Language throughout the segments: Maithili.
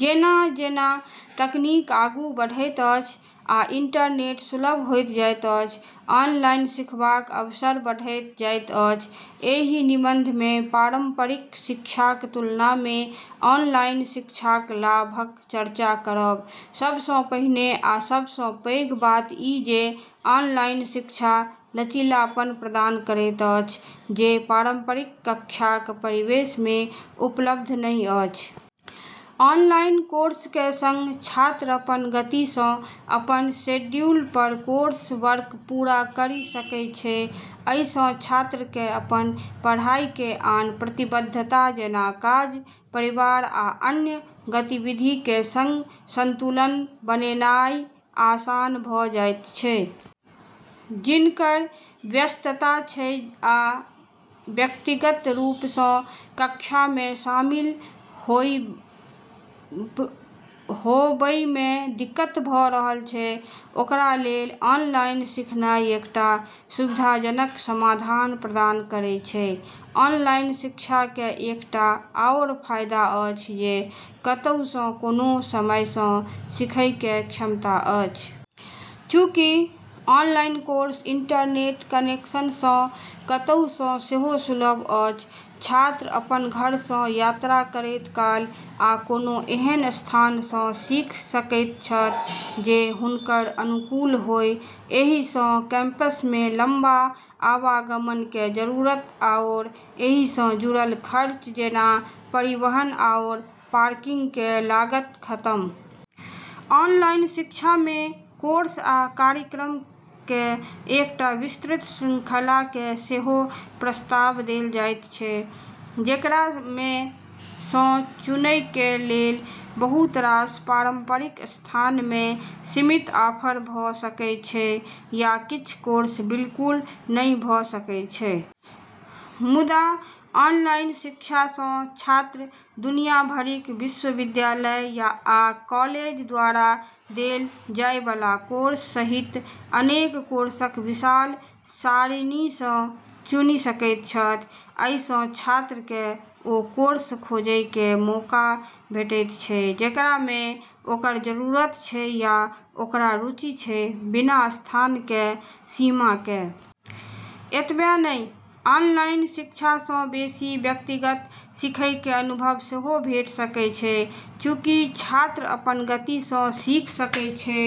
जेना-जेना तकनीक आगू बढ़ैत अछि आ इंटरनेट सुलभ होइत जाइत अछि, ऑनलाइन सिखबाक अवसर बढ़ैत जाइत अछि। एहि निबंधमे पारंपरिक शिक्षाक तुलनामे ऑनलाइन शिक्षाक लाभक चर्चा करब। सबसँ पहिने आ सबसँ पैघ बात ई जे ऑनलाइन शिक्षा लचीलापन प्रदान करैत अछि जे पारंपरिक कक्षाक परिवेशमे उपलब्ध नहि अछि। ऑनलाइन कोर्सके सङ्ग छात्र अपन गतिसँ, अपन शेड्यूल पर कोर्सवर्क पूरा करि सकै छै। अइसँ छात्रके अपन पढ़ाइके आन प्रतिबद्धता, जेना काज, परिवार या अन्य गतिविधिके सङ्ग संतुलन बनेनाइ आसान भ' जाइत छै। जिनकर व्यस्तता छै या व्यक्तिगत रूपसँ कक्षामे शामिल होबइमे दिक्कत भ' रहल छै, ओकरा लेल ऑनलाइन सीखनाइ एकटा सुविधाजनक समाधान प्रदान करै छै। ऑनलाइन शिक्षाके एकटा आओर फायदा अछि जे कतहुसँ, कोनो समयसँ सिखैके क्षमता अछि। चूँकि ऑनलाइन कोर्स इंटरनेट कनेक्शनसँ कतहुसँ सेहो सुलभ अछि, छात्र अपन घरसँ, यात्रा करैत काल, वा कोनो एहन स्थानसँ सीख सकैत छथि जे हुनकर अनुकूल होइ। एहिसँ कैंपसमे लंबा आवागमनके जरूरत आओर एहिसँ जुड़ल खर्च जेना परिवहन आओर पार्किंगके लागत खतम भ' जाइत अछि। ऑनलाइन शिक्षामे कोर्स आ कार्यक्रमके एकटा विस्तृत श्रृंखलाके सेहो प्रस्ताव देल जाइत छै, जेकरामे सँ चुनैके लेल। बहुत रास पारंपरिक संस्थानमे सीमित ऑफर भ' सकै छै या किछ कोर्स बिल्कुल नहि भ' सकै छै। मुदा, ऑनलाइन शिक्षासँ छात्र दुनिया भरिक विश्वविद्यालय आ कॉलेज द्वारा देल जाइबला कोर्स सहित अनेक कोर्सक विशाल सारिणीसँ चुनि सकैत छथि। अइसँ छात्रके ओ कोर्स खोजैके मौका भेटैत छै, जेकरामे ओकर जरूरत छै या ओकरा रुचि छै, बिना स्थानके सीमाके। एतबे नहि ऑनलाइन शिक्षासँ बेशी व्यक्तिगत सिखैके अनुभव सेहो भेट सकै छै। चूँकि छात्र अपन गतिसँ सिख सकै छै,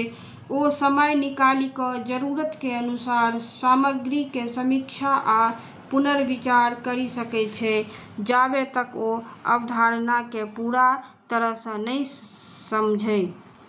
ओ समय निकालि क' जरूरतके अनुसार सामग्रीके समीक्षा आ पुनर्विचार करि सकै छै, जाबे तक ओ अवधारणाके पूरा तरहसँ नहि समझइ ।